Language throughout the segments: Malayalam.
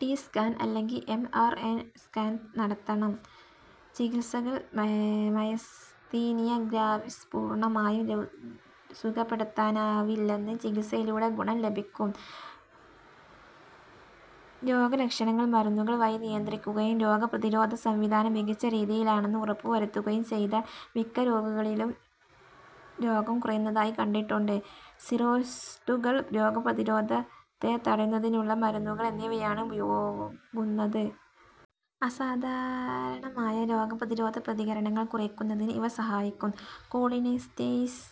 ടി. സ്കാൻ അല്ലെങ്കിൽ, എം. ആർ. ഐ. സ്കാൻ നടത്തണം. ചികിത്സകൾ മയസ്തീനിയ ഗ്രാവിസ് പൂർണമായും സുഖപ്പെടുത്താനാവില്ലെങ്കിലും ചികിത്സയിലൂടെ ഗുണം ലഭിക്കും. രോഗലക്ഷണങ്ങൾ മരുന്നുകൾ വഴി നിയന്ത്രിക്കുകയും രോഗപ്രതിരോധ സംവിധാനം മികച്ച രീതിയിലാണെന്ന് ഉറപ്പുവരുത്തുകയും ചെയ്താൽ മിക്ക രോഗികളിലും രോഗം കുറയുന്നതായി കണ്ടിട്ടുണ്ട്. സ്റ്റിറോയ്ഡുകൾ, രോഗപ്രതിരോധത്തെ തടയുന്നതിനുള്ള മരുന്നുകൾ എന്നിവയാണ് ഉപയോഗുന്നത്. അസാധാരണമായ രോഗപ്രതിരോധ പ്രതികരണങ്ങൾ കുറയ്ക്കുന്നതിന് ഇവ സഹായിക്കും. കോളിനെസ്റ്റേയ്സ്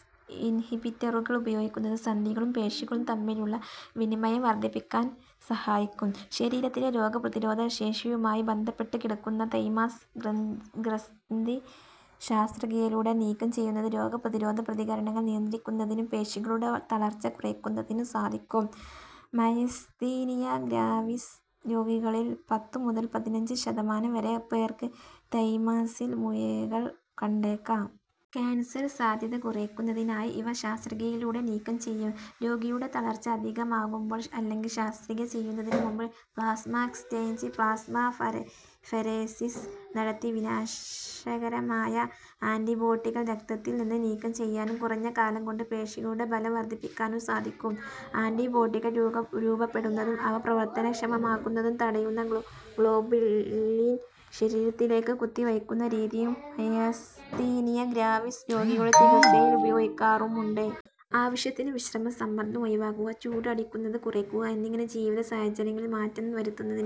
ഇൻഹിബിറ്ററുകൾ ഉപയോഗിക്കുന്നത് നാഡികളും പേശികളും തമ്മിലുള്ള വിനിമയം വർധിപ്പിക്കാൻ സഹായിക്കും. ശരീരത്തിലെ രോഗപ്രതിരോധ ശേഷിയുമായി ബന്ധപ്പെട്ടു കിടക്കുന്ന 'തൈമസ് ഗ്രന്ഥി'ശസ്ത്രക്രിയയിലൂടെ നീക്കം ചെയ്യുന്നത് രോഗപ്രതിരോധ പ്രതികരണങ്ങൾ നിയന്ത്രിക്കുന്നതിനും പേശികളുടെ തളർച്ച കുറയ്ക്കുന്നതിനും സാധിക്കും. മയസ്തീനിയ ഗ്രാവിസ് രോഗികളിൽ പത്തു മുതൽ പതിനഞ്ചു ശതമാനം വരെ പേർക്ക് തൈമസിൽ മുഴകൾ കണ്ടേക്കാം. കാൻസർ സാധ്യത കുറയ്ക്കുന്നതിനായി ഇവ ശസ്ത്രക്രിയയിലൂടെ നീക്കം ചെയ്യും. രോഗിയുടെ തളർച്ച അധികമാകുമ്പോൾ അല്ലെങ്കിൽ, ശസ്ത്രക്രിയ ചെയ്യുന്നതിനു മുമ്പ് പ്ലാസ്മ എക്സ്ചേഞ്ച് പ്ലാസ്മ ഫെരേസിസ് നടത്തി വിനാശകരമായ ആന്റിബോഡികൾ രക്തത്തിൽനിന്ന് നീക്കം ചെയ്യാനും കുറഞ്ഞ കാലംകൊണ്ട് പേശികളുടെ ബലം വർധിപ്പിക്കാനും സാധിക്കും. ആന്റിബോഡികൾ രൂപപ്പെടുന്നതും അവ പ്രവർത്തനക്ഷമമാകുന്നതും തടയുന്ന ഗ്ലോബുലിൻ ശരീരത്തിലേക്ക് കുത്തിവയ്ക്കുന്ന രീതിയും മയസ്തീനിയ ഗ്രാവിസ് രോഗികളുടെ ചികിത്സയിൽ ഉപയോഗിക്കാറുണ്ട്. ആവശ്യത്തിന് വിശ്രമം, സമ്മർദം ഒഴിവാക്കുക, ചൂട് അടിക്കുന്നത് കുറയ്ക്കുക എന്നിങ്ങനെ ജീവിത സാഹചര്യങ്ങളിൽ മാറ്റം വരുത്തുന്നത്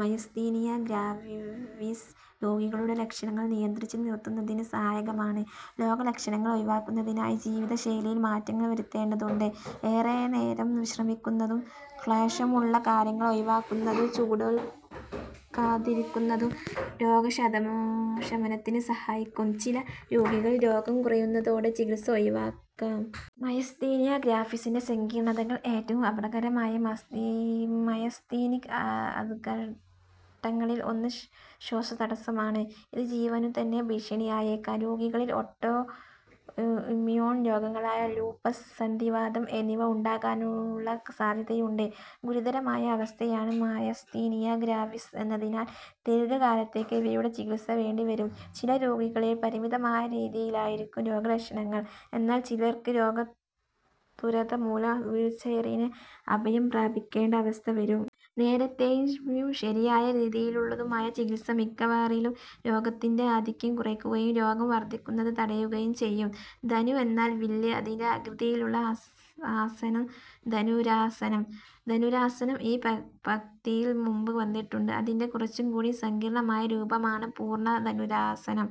മയസ്തീനിയ ഗ്രാവിസ് രോഗികളുടെ ലക്ഷണങ്ങൾ നിയന്ത്രിച്ചു നിർത്തുന്നതിന് സഹായകമാണ്. രോഗലക്ഷണങ്ങൾ ഒഴിവാക്കുന്നതിനായി ജീവിതശൈലിയിൽ മാറ്റങ്ങൾ വരുത്തേണ്ടതുണ്ട്. ഏറെനേരം വിശ്രമിക്കുന്നതും ക്ലേശമുള്ള കാര്യങ്ങൾ ഒഴിവാക്കുന്നതും ചൂടേൽക്കാതിരിക്കുന്നതും രോഗശമനത്തിന് സഹായിക്കും. ചില രോഗികളിൽ രോഗം കുറയുന്നതോടെ ചികിത്സ ഒഴിവാക്കാം. മയസ്തീനിയ ഗ്രാവിസിന്റെ സങ്കീർണതകൾ ഏറ്റവും അപകടകരമായ മയസ്തീനിക് ആപത്ഘട്ടങ്ങളിൽ ഒന്ന് ശ്വാസതടസ്സമാണ്. ഇത് ജീവനുതന്നെ ഭീഷണിയായേക്കാം. രോഗികളിൽ ഓട്ടോ ഇമ്യൂൺ രോഗങ്ങളായ ലൂപ്പസ്, സന്ധിവാതം എന്നിവ ഉണ്ടാകാനുള്ള സാധ്യതയുണ്ട്. ഗുരുതരമായ അവസ്ഥയാണ് മയസ്തീനിയ ഗ്രാവിസ് എന്നതിനാൽ ദീർഘകാലത്തേക്ക് ഇവയുടെ ചികിത്സ വേണ്ടിവരും. ചില രോഗികളിൽ പരിമിതമായ രീതിയിലായിരിക്കും രോഗലക്ഷണങ്ങൾ, എന്നാൽ, ചിലർക്ക് രോഗാതുരത മൂലം വീൽച്ചെയറിനെ അഭയം പ്രാപിക്കേണ്ട അവസ്ഥ വരും. നേരത്തെയും ശരിയായ രീതിയിലുള്ളതുമായ ചികിത്സ മിക്കവരിലും രോഗത്തിന്റെ ആധിക്യം കുറയ്ക്കുകയും രോഗം വർധിക്കുന്നത് തടയുകയും ചെയ്യും. ധനു എന്നാൽ വില്ല്. അതിന്റെ ആകൃതിയിലുള്ള ആസനം ധനുരാസനം. ധനുരാസനം ഈ പംക്തിയിൽ മുമ്പ് വന്നിട്ടുണ്ട്. അതിന്റെ കുറച്ചുകൂടി സങ്കീർണമായ രൂപമാണ് പൂർണ ധനുരാസനം.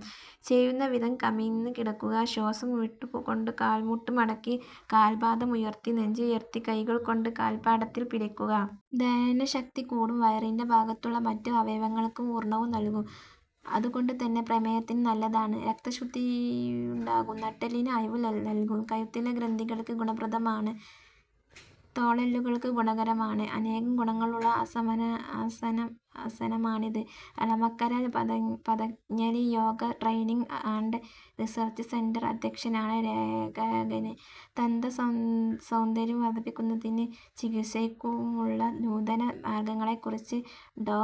ചെയ്യുന്നവിധം:കമിഴ്ന്ന് കിടക്കുക, ശ്വാസം വിട്ടുകൊണ്ട് കാൽമുട്ടു മടക്കി, കാൽപ്പാദം ഉയർത്തി, നെഞ്ചുയർത്തി കൈകൾകൊണ്ട് കാൽപ്പടത്തിൽ പിടിക്കുക. ദഹനശക്തി കൂടും. വയറിന്റെ ഭാഗത്തുള്ള മറ്റ് അവയവങ്ങൾക്കും ഉണർവു നൽകും. അതുകൊണ്ടുതന്നെ, പ്രമേഹത്തിന് നല്ലതാണ്. രക്തശുദ്ധിയുണ്ടാകും. നട്ടെല്ലിന് അയവു നൽകും. കഴുത്തിലെ ഗ്രന്ഥികൾക്കും ഗുണപ്രദമാണ്. തോളെല്ലുകൾക്കും ഗുണകരമാണ്. അനേകം ഗുണങ്ങളുള്ള ആസനമാണിത്. Elamakkara Patanjali yoga training and research centre അധ്യക്ഷനാണ് ലേഖകന്. ദന്ത സൗന്ദര്യംവര്ധിപ്പിക്കുന്നതിനും ചികിത്സയ്ക്കുമുള്ള നൂതന മാര്ഗങ്ങളെക്കുറിച്ച് ഡോ.